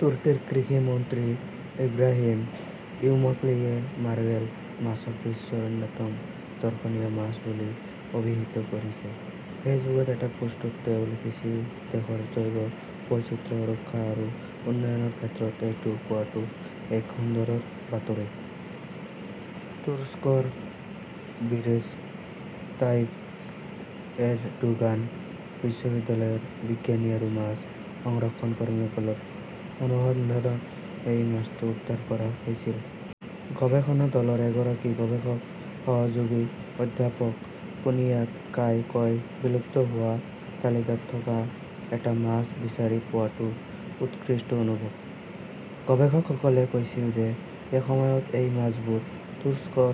তুৰ্কীৰ কৃষি মন্ত্ৰী ইব্ৰাহিম ইউমকলীয়ে বাৰ্বেল মাছক বিশ্বৰ অন্যতম দৰ্শনীয় মাছ বুলি অভিহিত কৰিছে। ফেচবুকত এটা পোষ্টত তেওঁ লিখিছিল দেশৰ জৈৱ বৈচিত্ৰ্য সুৰক্ষা আৰু উন্নয়নৰ ক্ষেত্ৰত এইটো পোৱাটো এক সুন্দৰ বাতৰি। তুৰস্কৰ ৰিচেপ তাইয়েপ এৰডোগান বিশ্ববিদ্যালয়ৰ বিজ্ঞানী আৰু মাছ সংৰক্ষণ কৰ্মীসকলৰ অনুসন্ধানত এই মাছটো উদ্ধাৰ কৰা হৈছিল। গৱেষণা দলৰ এগৰাকী গৱেষক সহযোগী অধ্যাপক কুনিয়াত কায়াই কয়, বিলুপ্ত হোৱা তালিকাত থকা এটা মাছ বিচাৰি পোৱাটো উৎকৃষ্ট অনুভৱ। গৱেষকসকলে কৈছিল যে এসময়ত এই মাছবোৰ তুৰস্কৰ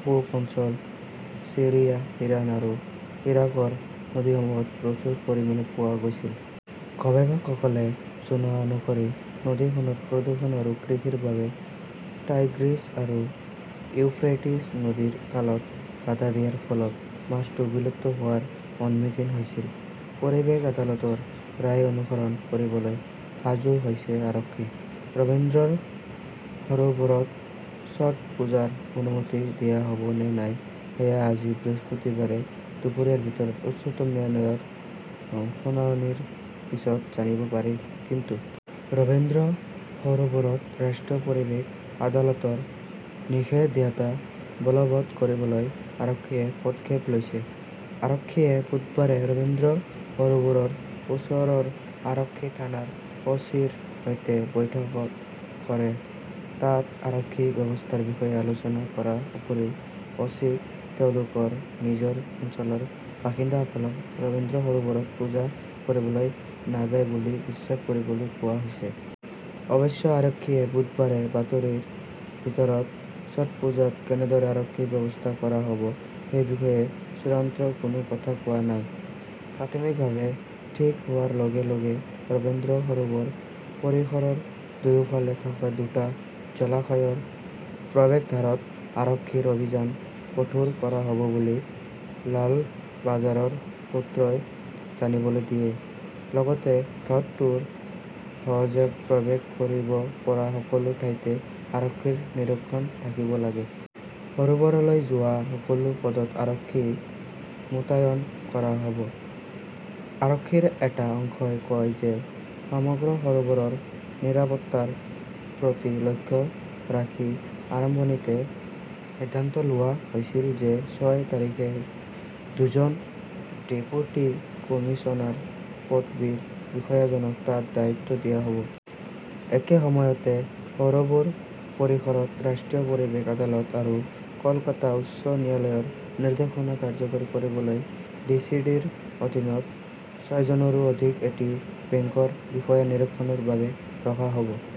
পূব অঞ্চল ছিৰিয়া, ইৰাণ আৰু ইৰাকৰ নদীসমূহত প্ৰচুৰ পৰিমাণে পোৱা গৈছিল। গৱেষকসকলে জনোৱা অনুসৰি নদীখনৰ প্ৰদূষণ আৰু কৃষিৰ বাবে টাইগ্ৰিছ আৰু ইউফ্ৰেটিছ নদীৰ খালত বাধা দিয়াৰ ফলত মাছটো বিলুপ্ত হোৱাৰ সন্মুখীন হৈছিল। পৰিৱেশ আদালতৰ ৰায় অনুসৰণ কৰিবলৈ সাজু হৈছে আৰক্ষী ।ৰবীন্দ্ৰ সৰোবৰত ছটপুজাৰ অনুমতি দিয়া হ'ব নে নাই সেয়া আজি বৃহস্পতিবাৰে দুপৰীয়াৰ ভিতৰত উচ্চতম ন্যায়ালয়ৰ শুনানিৰ পিছত জানিব পাৰি ।কিন্তু ৰবীন্দ্ৰ সৰোবৰত ৰাষ্ট্ৰীয় পৰিৱেশ আদালতৰ নিষেধাজ্ঞা বলৱৎ কৰিবলৈ আৰক্ষীয়ে পদক্ষেপ লৈছে। আৰক্ষীয়ে বুধবাৰে ৰবীন্দ্ৰ সৰোবৰৰ ওচৰৰ আৰক্ষী থানাৰ অ চি ৰ সৈতে বৈঠক কৰে তাত আৰক্ষী ব্যৱস্থাৰ বিষয়ে আলোচনা কৰাৰ উপৰিও অ চি ক তেওঁলোকৰ নিজৰ অঞ্চলৰ বাসিন্দাসকলক ৰবীন্দ্ৰ সৰোবৰত পূজা কৰিবলৈ নাযায় বুলি বিশ্বাস কৰিবলৈ কোৱা হৈছে। অৱশ্যে আৰক্ষীয়ে বুধবাৰে ৰাতিৰ ভিতৰত ছটপুজাত কেনেদৰে আৰক্ষী ব্যৱস্থা কৰা হ'ব সেই বিষয়ে চূড়ান্ত কোনো কথা কোৱা নাই। প্ৰাথমিকভাৱে ঠিক হোৱাৰ লগে -লগে ৰবীন্দ্ৰ সৰোবৰ পৰিসৰৰ দুয়োফালে থকা দুটা জলাশয়ৰ প্ৰৱেশদ্বাৰত আৰক্ষীৰ অভিযান কঠোৰ কৰা হ'ব বুলি লালবাজাৰৰ সূত্ৰই জানিবলৈ দিয়ে, লগতে হ্ৰদটোত সহজে প্ৰৱেশ কৰিব পৰা সকলো ঠাইতে আৰক্ষীৰ নিৰীক্ষণ থাকিব লাগে। সৰোবৰলৈ যোৱা সকলো পথত আৰক্ষী মোতায়ন কৰা হ'ব। আৰক্ষীৰ এটা অংশই কয় যে সমগ্ৰ সৰোবৰৰ নিৰাপত্তাৰ প্ৰতি লক্ষ্য ৰাখি আৰম্ভণিতে সিদ্ধান্ত লোৱা হৈছিল যে ছয় তাৰিখে দুজন ডেপুটি কমিছনাৰ পদবীৰ বিষয়াজনক তাত দায়িত্ব দিয়া হ 'ব। একে সময়তে, সৰোবৰ পৰিসৰত ৰাষ্ট্ৰীয় পৰিৱেশ আদালত আৰু কলকাতা উচ্চ ন্যায়ালয়ৰ নিৰ্দেশনা কাৰ্যকৰী কৰিবলৈ ডিচিডিৰ অধীনত ছয়জনৰো অধিক এচি ৰেংকৰ বিষয়া নিৰীক্ষণৰ বাবে ৰখা হ 'ব।